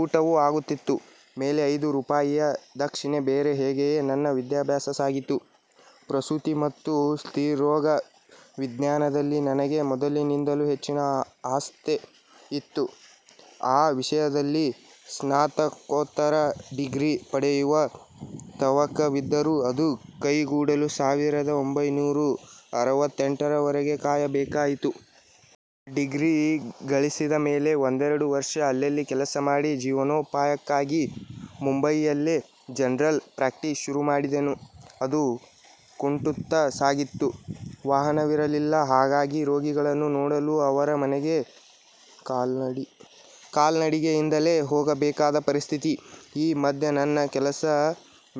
ಊಟವೂ ಆಗುತ್ತಿತ್ತು. ಮೇಲೆ ಐದು ರೂಪಾಯಿಯ ದಕ್ಷಿಣೆ ಬೇರೆ ಹೀಗೆಯೇ ನನ್ನ ವಿದ್ಯಾಭ್ಯಾಸ ಸಾಗಿತು. ಪ್ರಸೂತಿ ಮತ್ತು ಸ್ತ್ರೀರೋಗ ವಿಜ್ಞಾನದಲ್ಲಿ ನನಗೆ ಮೊದಲಿನಿಂದಲೂ ಹೆಚ್ಚಿನ ಆಸ್ಥೆ ಇತ್ತು. ಆ ವಿಷಯದಲ್ಲಿ ಸ್ನಾತಕೋತ್ತರ ಡಿಗ್ರಿ ಪಡೆಯುವ ತವಕವಿದ್ದರೂ ಅದು ಕೈಗೂಡಲು ಸಾವಿರದ ಒಂಭೈನೂರ ಅರವತ್ತೆಂಟರ ವರೆಗೆ ಕಾಯಬೇಕಾಯಿತು. ಡಿಗ್ರಿ ಗಳಿಸಿದ ಮೇಲೆ ಒಂದೆರಡು ವರ್ಷ ಅಲ್ಲಿಲ್ಲಿ ಕೆಲಸ ಮಾಡಿ ಜೀವನೋಪಾಯಕ್ಕಾಗಿ ಮುಂಬಯಿಯಲ್ಲೇ ಜನರಲ್ ಪ್ರಾಕ್ಟಿಸ್ ಶುರುಮಾಡಿದೆನು. ಅದು ಕುಂಟುತ್ತ ಸಾಗಿತ್ತು. ವಾಹನವಿರಲಿಲ್ಲ. ಹಾಗಾಗಿ ರೋಗಿಗಳನ್ನು ನೋಡಲು ಅವರ ಮನೆಗೆ ಕಾಲ್ನಡಿಗೆಯಿಂದಲೇ ಹೋಗಬೇಕಾದ ಪರಿಸ್ಠಿತಿ. ಈ ಮಧ್ಯೆ ನನ್ನ ಕೆಲಸ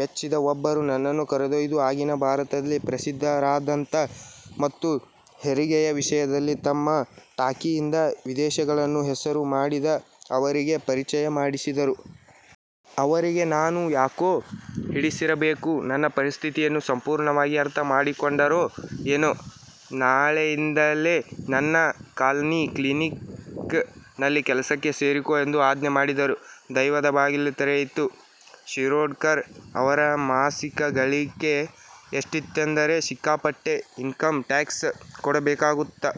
ಮೆಚ್ಚಿದ ಒಬ್ಬರು ನನ್ನನ್ನು ಕರೆದೊಯ್ದು ಆಗಿನ ಭಾರತಲ್ಲೇ ಪ್ರಸಿದ್ಧರಾದಂಥ ಮತ್ತು ಹೆರಿಗೆಯ ವಿಷಯದಲ್ಲಿ ತಮ್ಮ 'ಟಾಕಿ' ಯಿಂದ ವಿದೇಶಗಳಲ್ಲೂ ಹೆಸರು ಮಾಡಿದ ಅವರಿಗೆ ಪರಿಚಯ ಮಾಡಿಸಿದರು. ಅವರಿಗೆ ನಾನು ಯಾಕೋ ಹಿಡಿಸಿರಬೇಕು. ನನ್ನ ಪರಿಸ್ಥಿತಿಯನ್ನು ಸಂಪೂರ್ಣವಾಗಿ ಅರ್ಥ ಮಾಡಿಕೊಂಡರೋ ಏನೋ, 'ನಾಳೆಯಿಂದಲೇ ನನ್ನ "ಕಾಲನಿ ಕ್ಲಿನಿಕ್'' ನಲ್ಲಿ ಕೆಲಸಕ್ಕೆ ಸೇರಿಕೋ' ಎಂದು ಆಜ್ಞೆ ಮಾಡಿದರು. ದೈವದ ಬಾಗಿಲು ತೆರೆಯಿತು. ಶಿರೋಡ್ಕರ್ ಅವರ ಮಾಸಿಕ ಗಳಿಕೆ ಎಷ್ಟಿತ್ತೆಂದರೆ ಸಿಕ್ಕಾಪಟ್ಟೆ ಇನ್ಕಂ ಟ್ಯಾಕ್ಸ್ ಕೊಡಬೇಕಾಗುತ್ತು.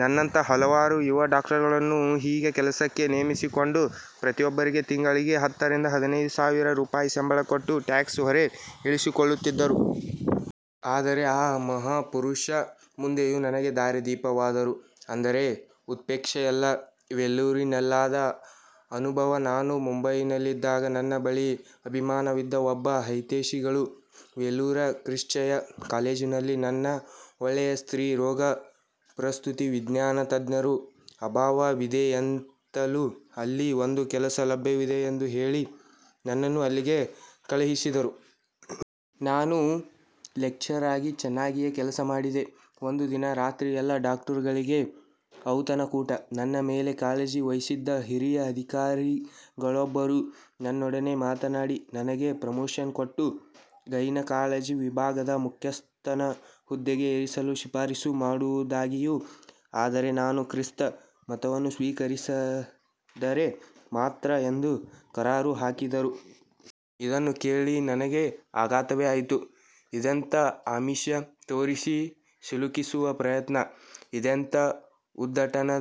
ನನ್ನಂಥ ಹಲವಾರು ಯುವ ಡಾಕ್ಟರನ್ನು ಹೀಗೆ ಕೆಲಸಕ್ಕೆ ನೇಮಿಸಿಕೊಂಡು ಪ್ರತಿಯೊಬ್ಬರಿಗೆ ತಿಂಗಳಿಗೆ ಹತ್ತರಿಂದ ಹದಿನೈದು ಸಾವಿರ ರೂಪಾಯಿ ಸಂಬಳ ಕೊಟ್ಟು ಟ್ಯಾಕ್ಸ್ ಹೊರೆ ಇಳಿಸಿಕೊಳ್ಳುತ್ತಿದ್ದರು. ಆದರೆ ಆ ಮಹಾ ಪುರುಷ ಮುಂದೆಯೂ ನನಗೆ ದಾರಿದೀಪವಾದರು ಅಂದರೆ ಉತ್ಪ್ರೇಕ್ಷೆಯಲ್ಲ. ವೆಲ್ಲೂರಿನಲ್ಲಾದ ಅನುಭವ ನಾನು ಮುಂಬಯಿಯಲ್ಲಿದ್ದಾಗ ನನ್ನ ಬಗ್ಗೆ ಅಭಿಮಾನವಿದ್ದ ಒಬ್ಬ ಹಿತೈಷಿಗಳು ವೆಲ್ಲೂರ್ ಕ್ರಿಶ್ಚಯನ್ ಕಾಲೇಜಿನಲ್ಲಿ ನಲ್ಲಿ ಒಳ್ಳೆಯ ಸ್ತ್ರೀ ರೋಗ-ಪ್ರಸೂತಿ ವಿಜ್ಞಾನ ತಜ್ಞರ ಅಭಾವವಿದೆಯೆಂತಲೂ, ಅಲ್ಲಿ ಒಂದು ಕೆಲಸ ಲಭ್ಯವಿದೆ ಎಂದು ಹೇಳಿ ನನ್ನನ್ನು ಅಲ್ಲಿಗೆ ಕಳಿಸಿದರು. ನಾನು ಲೆಕ್ಚರರಾಗಿ ಚೆನ್ನಾಗಿಯೇ ಕೆಲಸ ಮಾಡಿದೆ. ಒಂದು ದಿನ ರಾತ್ರಿ ಎಲ್ಲ ಡಾಕ್ಟರುಗಳಿಗೆ ಔತಣಕೂಟ. ನನ್ನ ಮೇಲೆ ಕಾಳಜಿ ವಹಿಸಿದ್ದ ಹಿರಿಯ ಅಧಿಕಾರಿಗಳೊಬ್ಬರು ನನ್ನೊಡನೆ ಮಾತನಾಡಿ, ನನಗೆ ಪ್ರಮೋಷನ್ ಕೊಟ್ಟು ಗೈನಕಾಲಜಿ ವಿಭಾಗದ ಮುಖ್ಯಸ್ಥನ ಹುದ್ದೆಗೆ ಏರಿಸಲು ಶಿಫಾರಿಸು ಮಾಡುವದಾಗಿಯೂ ಆದರೆ ನಾನು ಕ್ರಿಸ್ತ ಮತವನ್ನು ಸ್ವೀಕರಿಸಿದರೆ ಮಾತ್ರ ಎಂದು ಕರಾರು ಹಾಕಿದರು. ಅದನ್ನು ಕೇಳಿ ನನಗೆ ಆಘಾತವೇ ಆಯಿತು. ಇದೆಂಥ ಆಮಿಷ ತೋರಿಸಿ ಸಿಲುಕಿಸುವ ಪ್ರಯತ್ನ, ಇದೆಂಥ ಉದ್ಧಟತನ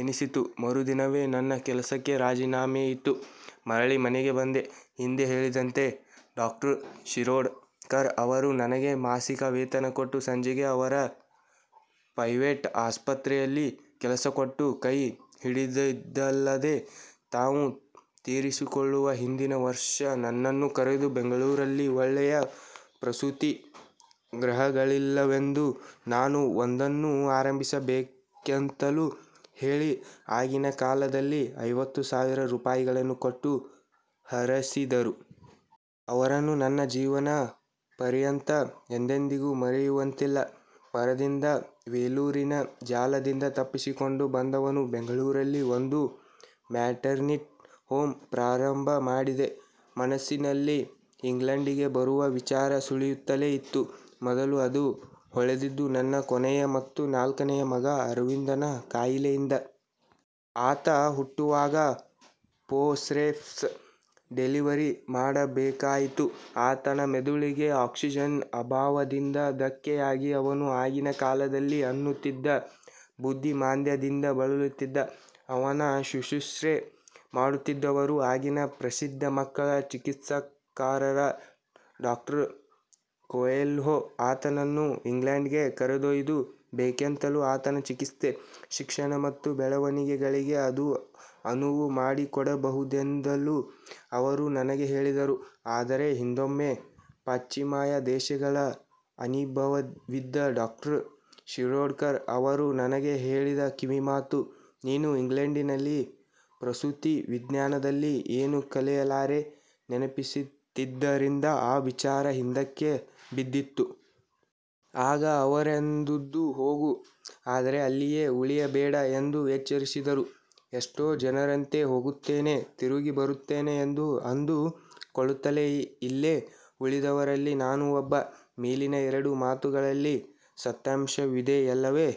ಎನಿಸಿತು, ಮರುದಿನವೇ ನನ್ನ ಕೆಲಸಕ್ಕೆರಾಜಿನಾಮೆಯಿತ್ತು ಮರಳಿ ಮನೆಗೆ ಬಂದೆ. ಹಿಂದೆ ಹೇಳಿದಂತೆ ಡಾ ಶಿರೋಡ್ ಕರ್ ಅವರು ನನಗೆ ಮಾಸಿಕ ವೇತನ ಕೊಟ್ಟು ಸಂಜೆಗೆ ಅವರ ಪ್ರೈವೇಟ್ ಆಸ್ಪತ್ರೆಯಲ್ಲಿ ಕೆಲಸ ಕೊಟ್ಟು ಕೈ ಹಿಡಿದಿದ್ದಲ್ಲದೆ, ತಾವು ತೀರಿಕೊಳ್ಳುವ ಹಿಂದಿನ ವರ್ಷ ನನ್ನನ್ನು ಕರೆದು ಬೆಂಗಳೂರಲ್ಲಿ ಒಳ್ಳೆಯ ಪ್ರಸೂತಿ ಗೃಹಗಳಿಲ್ಲವೆಂದೂ ನಾನು ಒಂದನ್ನು ಆರಂಭಿಸಬೇಕೆಂತಲೂ ಹೇಳಿ ಆಗಿನ ಕಾಲದಲ್ಲಿ ಐವತ್ತು ಸಾವಿರ ರೂಪಾಯಗಳನ್ನೂ ಕೊಟ್ಟು ಹರಸಿದರು. ಅವರನ್ನು ನನ್ನ ಜೀವನ ಪರ್ಯಂತ ಎಂದೆಂದಿಗೂ ಮರೆಯುವಂತಿಲ್ಲ. ಭರದಿಂದ ವೆಲ್ಲೂರಿನ ಜಾಲದಿಂದ ತಪ್ಪಿಸಿಕೊಂಡು ಬಂದವನು ಬೆಂಗಳೂರಲ್ಲಿ ಒಂದು ಮ್ಯಾಟರ್ನಿಟಿ ಹೋಮ್ ಪ್ರಾರಂಭ ಮಾಡಿದೆ. ಮನಸ್ಸಿನಲ್ಲಿ ಇಂಗ್ಲಂಡಿಗೆ ಬರುವ ವಿಚಾರ ಸುಳಿಯುತ್ತಲೇ ಇತ್ತು. ಮೊದಲು ಅದು ಹೊಳೆದುದು ನನ್ನ ಕೊನೆಯ ಮತ್ತು ನಾಲ್ಕನೆಯ ಮಗ ಅರವಿಂದನ ಕಾಯಿಲೆಯಿಂದ. ಆತ ಹುಟ್ಟುವಾಗ ಫೋರ್ಸೆಪ್ಸ್ ಡೆಲಿವರಿ ಮಾಡಬೇಕಾಯಿತು. ಆತನ ಮೆದುಳಿಗೆ ಆಕ್ಸಿಜನ್ ಅಭಾವದಿಂದ ಧಕ್ಕೆಯಾಗಿ ಅವನು ಆಗಿನ ಕಾಲದಲ್ಲಿ ಅನ್ನುತ್ತಿದ್ದ 'ಬುದ್ಧಿಮಾಂದ್ಯ'ದಿಂದ ಬಳಲುತ್ತಿದ್ದ. ಅವನ ಶುಶ್ರೂಷೆ ಮಾಡುತ್ತಿದ್ದವರು ಆಗಿನ ಪ್ರಸಿದ್ಧ ಮಕ್ಕಳ ಚಿಕಿತ್ಸಕರಾದ ಡಾ ಕೋಯೆಲ್ಹೋ. ಆತನನ್ನು ಇಂಗ್ಲಂಡಿಗೆ ಕರೆದೊಯ್ದು ಬೆಕೆಂತಲೂ ಆತನ ಚಿಕಿತ್ಸೆ, ಶಿಕ್ಷಣ ಮತ್ತು ಬೆಳವಣಿಗೆಗಳಿಗೆ ಅದು ಅನುವು ಮಾಡಿಕೊಡಬಹುದೆಂದಲೂ ಅವರು ನನಗೆ ಹೇಳಿದ್ದರು, ಆದರೆ ಹಿಂದೊಮ್ಮೆ ಪಾಶ್ಚಿಮಾತ್ಯ ದೇಶಗಳ ಅನಿಭವವಿದ್ದ ಡಾ ಶಿರೋಡ್ಕರ್ ಅವರು ನನಗೆ ಹೇಳಿದ ಕಿವಿಮಾತು "ನೀನು ಇಂಗ್ಲಂಡಿನಲ್ಲಿ ಪ್ರಸೂತಿ ವಿಜ್ಞಾನದಲ್ಲಿ ಏನೂ ಕಲಿಯಲಾರೆ" ನೆನಪಿಸುತ್ತಿದ್ದರಿಂದ ಆ ವಿಚಾರ ಹಿಂದಕ್ಕೆಬಿದ್ದಿತ್ತು. ಈಗ ಅವರೆಂದುದು ಹೋಗು, ಆದರೆ ಅಲ್ಲಿಯೇ ಉಳಿಯಬೇಡ ಎಂದು ಎಚ್ಚರಿಸಿದರು. ಎಷ್ಟೋ ಜನರಂತೆ ಹೋಗುತ್ತೇನೆ ತಿರುಗಿ ಬರುತ್ತೇನೆ ಎಂದು ಅಂದು ಕೊಳ್ಳುತ್ತಲೇ ಇಲ್ಲೆ ಉಳಿದವರಲ್ಲಿ ನಾನೂ ಒಬ್ಬ. ಮೇಲಿನ ಎರಡೂ ಮಾತುಗಳಲ್ಲಿ ಸತ್ಯಾಂಶವಿದೆಯಲ್ಲವೆ?.